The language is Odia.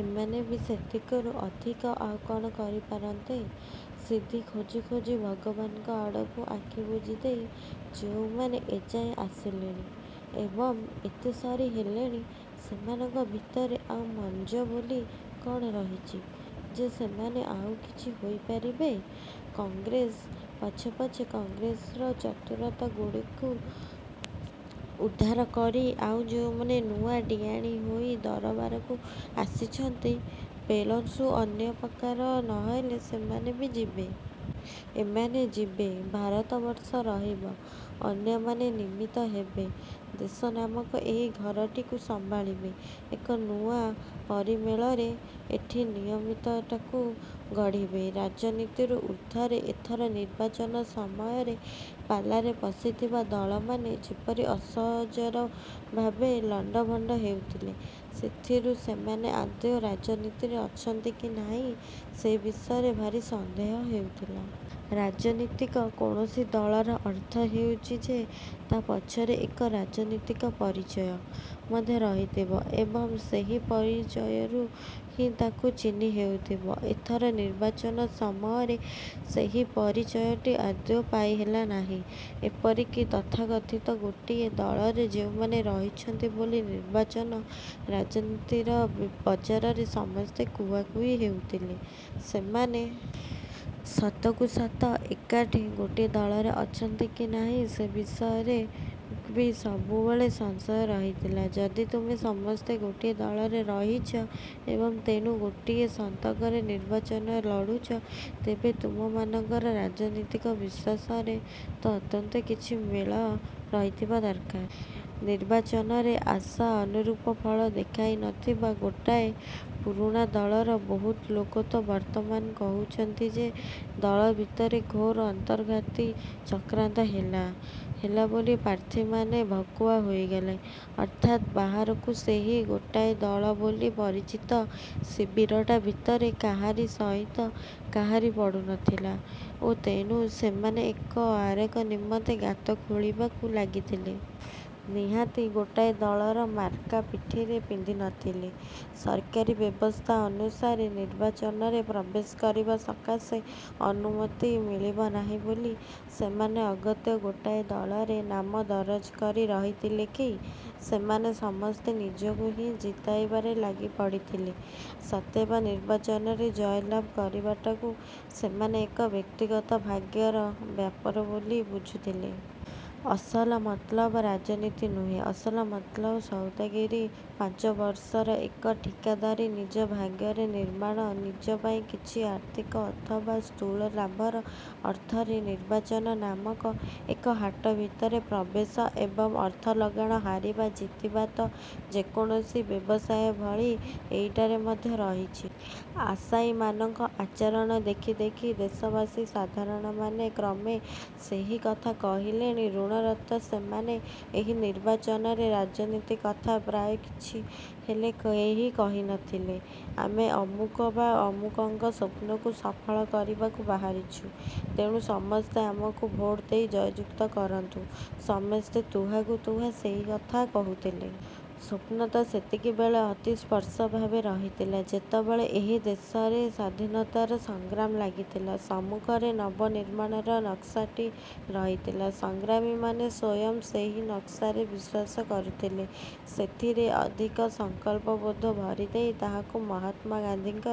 ଏମାନେ ବି ସେତିକିରୁ ଅଧିକ ଆଉ କଣ କରିପାରନ୍ତେ। ସିଦ୍ଧି ଖୋଜି ଖୋଜି ଭଗବାନଙ୍କ ଆଡ଼କୁ ଆଖି ବୁଜିଦେଇ ଯେଉଁମାନେ ଏଯାଏ ଆସିଲେଣି ଏବଂ ଏତେସରି ହେଲେଣି, ସେମାନଙ୍କ ଭିତରେ ଆଉ ମଞ୍ଜ ବୋଲି କଣ ରହିଛି ଯେ, ସେମାନେ ଆଉକିଛି ହୋଇପାରିବେ? କଂଗ୍ରେସ ପଛେ ପଛେ କଂଗ୍ରେସର ଚତୁରତା ଗୁଡ଼ାକୁ ଉଧାର କରି ଆଉ ଯେଉଁମାନେ ନୂଆ ଡ଼ିଆଣୀ ହୋଇ ଦରବାରକୁ ଆସିଛନ୍ତି, ବେଳସୁଁ ଅନ୍ୟ ପ୍ରକାର ନହେଲେ ସେମାନେ ବି ଯିବେ। ଏମାନେ ଯିବେ, ଭାରତବର୍ଷ ରହିବ, ଅନ୍ୟମାନେ ନିମିତ୍ତ ହେବେ। ଦେଶ ନାମକ ଏହି ଘରଟିକୁ ସମ୍ଭାଳିବେ, ଏକ ନୂଆ ପରିମଳରେ ଏଠି ନିୟତିଟାକୁ ଗଢ଼ିବେ। ରାଜନୀତିରୁ ଉର୍ଦ୍ଧ୍ୱରେ ଏଥର ନିର୍ବାଚନ ସମୟରେ ପାଲାରେ ପଶିଥିବା ଦଳମାନେ ଯେପରି ଅସହଜ ଭାବରେ ଲଣ୍ଡଭଣ୍ଡ ହେଉଥିଲେ, ସେଥିରୁ ସେମାନେ ଆଦୌ ରାଜନୀତିରେ ଅଛନ୍ତି କି ନାହିଁ ସେହି ବିଷୟରେ ଭାରି ସନ୍ଦେହ ହେଉଥିଲା। ରାଜନୀତିକ କୌଣସି ଦଳର ଅର୍ଥ ହେଉଛି ଯେ ତା ପଛରେ ଏକ ରାଜନୀତିକ ପରିଚୟ ମଧ୍ୟ ରହିଥିବ ଏବଂ ସେହି ପରିଚୟରୁ ହିଁ ତାକୁ ଚିହ୍ନି ହେଉଥିବ। ଏଥର ନିର୍ବାଚନ ସମୟରେ ସେହି ପରିଚୟଟି ଆଦୌ ପାଇହେଲା ନାହିଁ। ଏପରିକି ତଥାକଥିତ ଗୋଟିଏ ଦଳରେ ଯେଉଁମାନେ ରହିଛନ୍ତି ବୋଲି ନିର୍ବାଚନ ରାଜନୀତିର ବଜାରରେ ସମସ୍ତେ କୁହାକୁହି ହେଉଥିଲେ, ସେମାନେ ସତକୁ ସତ ଏକାଠି ଗୋଟିଏ ଦଳରେ ଅଛନ୍ତି କି ନାହିଁ, ସେହି ବିଷୟରେ ବି ସବୁବେଳେ ସଂଶୟ ରହିଥିଲା। ଯଦି ତୁମେ ସମସ୍ତେ ଗୋଟିଏ ଦଳରେ ରହିଛ ଏବଂ ତେଣୁ ଗୋଟିଏ ସନ୍ତକରେ ନିର୍ବାଚନ ଲଢୁଛ, ତେବେ ତୁମମାନଙ୍କର ରାଜନୀତିକ ବିଶ୍ୱାସରେ ତ ଅନ୍ତତଃ କିଛି ମେଳ ରହିଥିବା ଦରକାର। ନିର୍ବାଚନରେ ଆଶା ଅନୁରୂପ ଫଳ ଦେଖାଇନଥିବା ଗୋଟାଏ ପୁରୁଣା ଦଳର ବହୁତ ଲୋକ ତ ବର୍ତ୍ତମାନ କହୁଛନ୍ତି ଯେ, ଦଳ ଭିତରେ ଘୋର ଅନ୍ତର୍ଘାତୀ ଚକ୍ରାନ୍ତ ହେଲା ବୋଲି ପ୍ରାର୍ଥୀମାନେ ଭକୁଆ ହୋଇଗଲେ, ଅର୍ଥାତ୍ ବାହାରକୁ ସେହି ଗୋଟାଏ ଦଳ ବୋଲି ପରିଚିତ ଶିବିରଟା ଭିତରେ କାହାରି ସହିତ କାହାରି ପଡୁନଥିଲ ଓ ତେଣୁ ସେମାନେ ଏକ ଆରେକ ନିମନ୍ତେ ଗାତ ଖୋଳିବାକୁ ଲାଗିଥିଲେ। ନିହାତି ଗୋଟାଏ ଦଳର ମାର୍କା ପିଠିରେ ପିନ୍ଧିନଥିଲେ ସରକାରୀ ବ୍ୟବସ୍ଥା ଅନୁସାରେ ନିର୍ବାଚନରେ ପ୍ରବେଶ କରିବା ସକାଶେ ଅନୁମତି ମିଳିବ ନାହିଁ ବୋଲି ସେମାନେ ଅଗତ୍ୟା ଗୋଟାଏ ଦଳରେ ନାମ ଦରଜ କରି ରହିଥିଲେ କି? ସେମାନେ ସମସ୍ତେ ନିଜକୁ ହିଁ ଜିତାଇବାରେ ଲାଗିପଡ଼ିଥିଲେ। ସତେଅବା ନିର୍ବାଚନରେ ଜୟଲାଭ କରିବାଟାକୁ ସେମାନେ ଏକ ବ୍ୟକ୍ତିଗତ ଭାଗ୍ୟର ବ୍ୟାପାର ବୋଲି ବୁଝୁଥିଲେ। ଅସଲ ମତଲବ ରାଜନୀତି ନୁହେଁ, ଅସଲ ମତଲବ ସୌଦାଗରୀ। ପାଞ୍ଚ ବରଷର ଏକ ଠିକାଦାରୀ ନିଜ ଭାଗ୍ୟର ନିର୍ମାଣ, ନିଜ ପାଇଁ କିଛି ଆର୍ଥିକ ଅଥବା ସ୍ଥୂଳ ଲାଭର ଅର୍ଥରେ ନିର୍ବାଚନ ନାମକ ଏକ ହାଟ ଭିତରେ ପ୍ରବେଶ ଏବଂ ଅର୍ଥ ଲଗାଣ, ହାରିବା ଜିତିବା ତ ଯେକୌଣସି ବ୍ୟବସାୟ ଭଳି ଏଇଟାରେ ମଧ୍ୟ ରହିଛି। ଆଶାୟୀ ମାନଙ୍କର ଆଚରଣ ଦେଖି ଦେଖି ଦେଶବାସୀ ସାଧାରଣମାନେ କ୍ରମେ ସେହି କଥା କହିଲେଣି। ରଣରତ ସେମାନେ ଏହି ନିର୍ବାଚନରେ ରାଜନୀତି କଥା ପ୍ରାୟ କିଛି ହେଲେ କେହି କହୁନଥିଲେ। ଆମେ ଅମୁକ ବା ଅମୁକଙ୍କର ସ୍ୱପ୍ନକୁ ସଫଳ କରିବାକୁ ବାହାରିଛୁ, ତେଣୁ ସମସ୍ତେ ଆମକୁ ଭୋଟ ଦେଇ ଜୟଯୁକ୍ତ କରନ୍ତୁ, ସମସ୍ତେ ତୁହାକୁ ତୁହା ସେହି କଥା କହୁଥିଲେ। ସ୍ଵପ୍ନ ତ ସେତିକିବେଳେ ଅତି ସ୍ପଷ୍ଟ ଭାବରେ ରହିଥିଲା, ଯେତେବେଳେ ଏହି ଦେଶରେ ସ୍ୱାଧୀନତାର ସଂଗ୍ରାମ ଲାଗିଥିଲା। ସମ୍ମୁଖରେ ନବ ନିର୍ମାଣର ନକ୍ସାଟିଏ ରହିଥିଲା। ସଂଗ୍ରାମୀମାନେ ସ୍ୱୟଂ ସେହି ନକ୍ସାରେ ବିଶ୍ୱାସ କରୁଥିଲେ। ସେଥିରେ ଅଧିକ ସଂକଳ୍ପବୋଧ ଭରିଦେଇ ତାହାକୁ ମହାତ୍ମା ଗାନ୍ଧୀଙ୍କର